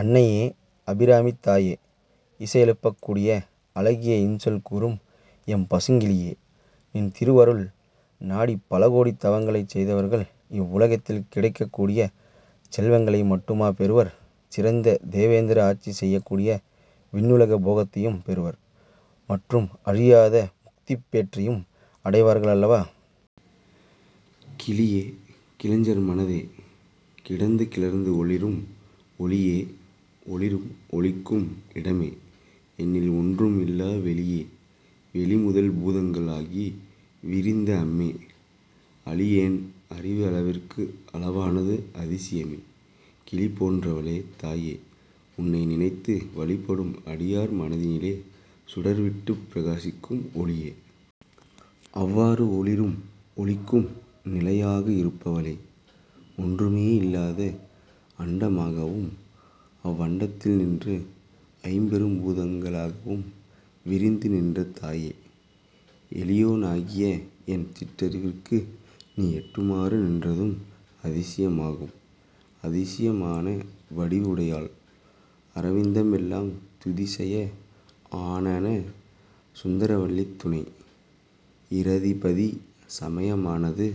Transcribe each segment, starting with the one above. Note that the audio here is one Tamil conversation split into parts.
அன்னையே! அபிராமித் தாயே! இசை எழுப்பக்கூடிய அழகிய இன்சொல் கூறும் எம் பசுங்கிளியே! நின் திருவருள் நாடிப் பலகோடி தவங்களைச் செய்தவர்கள் இவ்வுலகத்தில் கிடைக்கக் கூடிய செல்வங்களை மட்டுமா பெறுவர்? சிறந்த தேவேந்திரன் ஆட்சி செய்யக்கூடிய விண்ணுலக போகத்தையும் பெறுவர். மற்றும் அழியாத முக்திப் பேற்றையும் அடைவார்கள் அல்லவா! கிளியே கிளைஞர் மனத்தே கிடந்து கிளர்ந்து ஒளிரும் ஒளியே ஒளிரும் ஒளிக்கு இடமே எண்ணில் ஒன்றும் இல்லா வெளியே வெளி முதல் பூதங்கள் ஆகி விரிந்த அம்மே. அளியேன் அறிவு அளவிற்கு அளவானது அதிசயமே. கிளி போன்றவளே! தாயே! உன்னை நினைந்து வழிபடும் அடியார் மனத்தினிலே சுடர் விட்டுப் பிரகாசிக்கும் ஒளியே! அவ்வாறு ஒளிரும் ஒளிக்கும் நிலையாக இருப்பவளே! ஒன்றுமே இல்லாத அண்டமாகவும் அவ்வண்டத்தினின்று ஐம்பெரும் பூதங்களாகவும் விரிந்து நின்ற தாயே! எளியோனாகிய என் சிற்றறிவுக்கு நீ எட்டுமாறு நின்றதும் அதிசயமாகும்! அதிசயம் ஆன வடிவு உடையாள் அரவிந்தம் எல்லாம் துதி சய ஆனன சுந்தரவல்லி துணை இரதி பதி சமயமானது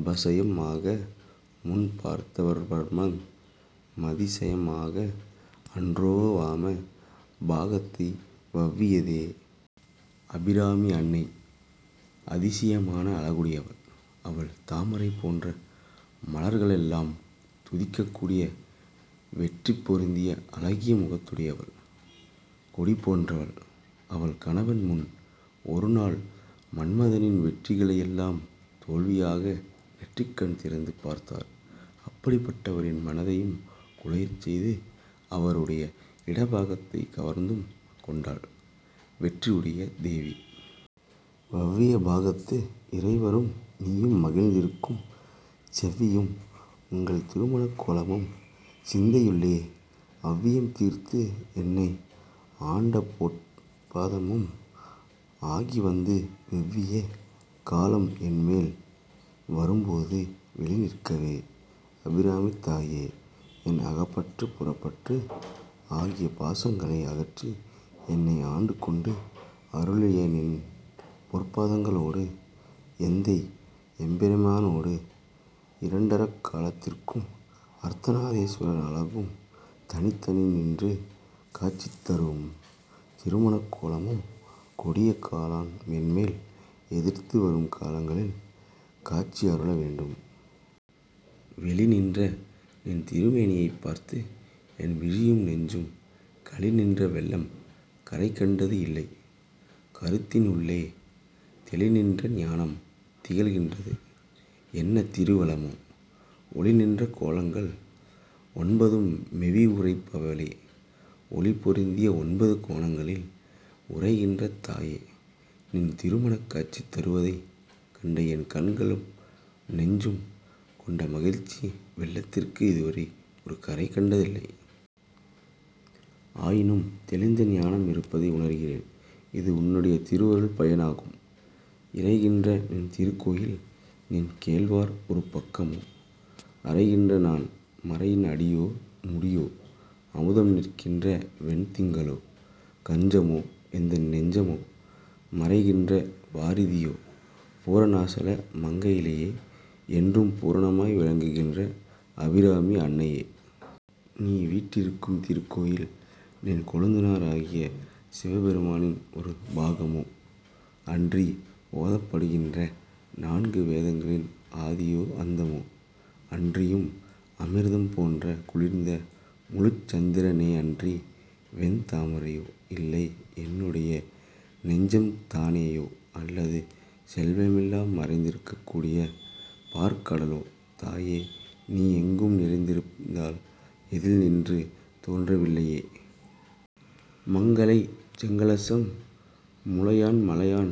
அபசயம் ஆக முன் பார்த்தவர்தம் மதி சயம் ஆக அன்றோ வாம பாகத்தை வவ்வியதே? அபிராமி அன்னை அதிசயமான அழகுடையவள்! அவள் தாமரை போன்ற மலர்களெல்லாம் துதிக்கக் கூடிய வெற்றி பொருந்திய அழகிய முகத்தையுடையவள் கொடி போன்றவள் அவள் கணவன் முன் ஒருநாள் மன்மதனின் வெற்றிகளையெல்லாம் தோல்வியாக நெற்றிக் கண்த் திறந்து பார்த்தார். அப்படிப்பட்டவரின் மனத்தையும் குழையச் செய்து அவருடைய இடப் பாகத்தைக் கவர்ந்து கொண்டாள், வெற்றியுடைய தேவி. வவ்விய பாகத்து இறைவரும் நீயும் மகிழ்ந்திருக்கும் செவ்வியும் உங்கள் திருமணக் கோலமும் சிந்தையுள்ளே அவ்வியம் தீர்த்து என்னை ஆண்டபொற் பாதமும் ஆகிவந்து வெவ்விய காலன் என்மேல் வரும்போது வெளி நிற்கவே. அபிராமித் தாயே! என் அகப்பற்று புறப்பற்று ஆகிய பாசங்களை அகற்றி என்னை ஆட்கொண்டு அருளிய நின் பொற்பாதங்களோடு எந்தை எம்பிரானோடு இரண்டறக் கலந்திருக்கும் அர்த்த நாரீஸ்வரர் அழகும் தனித்தனி நின்று காட்சி தரும் திருமணக்கோலமும் கொடிய காலான் என்மேல் எதிர்த்து வரும் காலங்களில் காட்சியருள வேண்டும். வெளிநின்ற நின்திருமேனியைப் பார்த்து என் விழியும் நெஞ்சும் களிநின்ற வெள்ளம் கரைகண்டது இல்லை கருத்தினுள்ளே தெளிநின்ற ஞானம் திகழ்கின்றது என்ன திருவளமோ? ஒளிநின்ற கோணங்கள் ஒன்பதும் மேவி உறைபவளே. ஒளி பொருந்திய ஒன்பது கோணங்களில் உறைகின்ற தாயே! நின் திருமணக் காட்சி தருவதைக் கண்ட என் கண்களும் நெஞ்சும் கொண்ட மகிழ்ச்சி வெள்ளத்திற்கு இதுவரை ஒரு கரை கண்டதில்லை. ஆயினும் தெளிந்த ஞானம் இருப்பதை உணர்கிறேன். இது உன்னுடைய திருவருள் பயனாகும். உறைகின்ற நின் திருக்கோயில்-நின் கேள்வர் ஒரு பக்கமோ அறைகின்ற நான் மறையின் அடியோ முடியோ அமுதம் நிற்கின்ற வெண் திங்களோ கஞ்சமோ எந்தன் நெஞ்சகமோ மறைகின்ற வாரிதியோ? பூரணாசல மங்கலையே. என்றும் பூரணமாய் விளங்குகின்ற அபிராமி அன்னையே! நீ வீற்றிருக்கும் திருக்கோயில் நின் கொழுதநராகிய சிவபெருமானின் ஒரு பாகமோ? அன்றி ஓதப்படுகின்ற நான்கு வேதங்களின் ஆதியோ? அந்தமோ? அன்றியும் அமிர்தம் போன்ற குளிர்ந்த முழுச்சந்திரனேயன்றி வெண் தாமரையோ? இல்லை என்னுடைய நெஞ்சம்தானேயோ அல்லது செல்வமெல்லாம் மறைந்திருகக் கூடிய பாற் கடலோ? தாயே! நீ எங்கும் நிறைந்திருப்பதால் எதில் என்று தோன்றவில்லையே! மங்கலை செங்கலசம் முலையாள் மலையாள்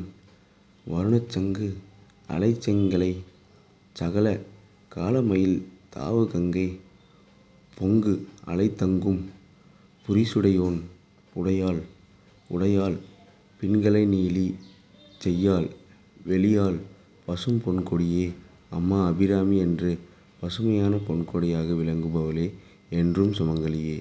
வருணச் சங்கு அலை செங்கைச் சகல கலாமயில் தாவு கங்கை பொங்கு அலை தங்கும் புரிசுடையோன் புடையாள் உடையாள் பிங்கலை நீலி செய்யாள் வெளியாள் பசும் பொண்கொடியே. அம்மா அபிராமி! என்றும் பசுமையான பொண் கொடியாக விளங்குபவளே! என்றும் சுமங்கலியே!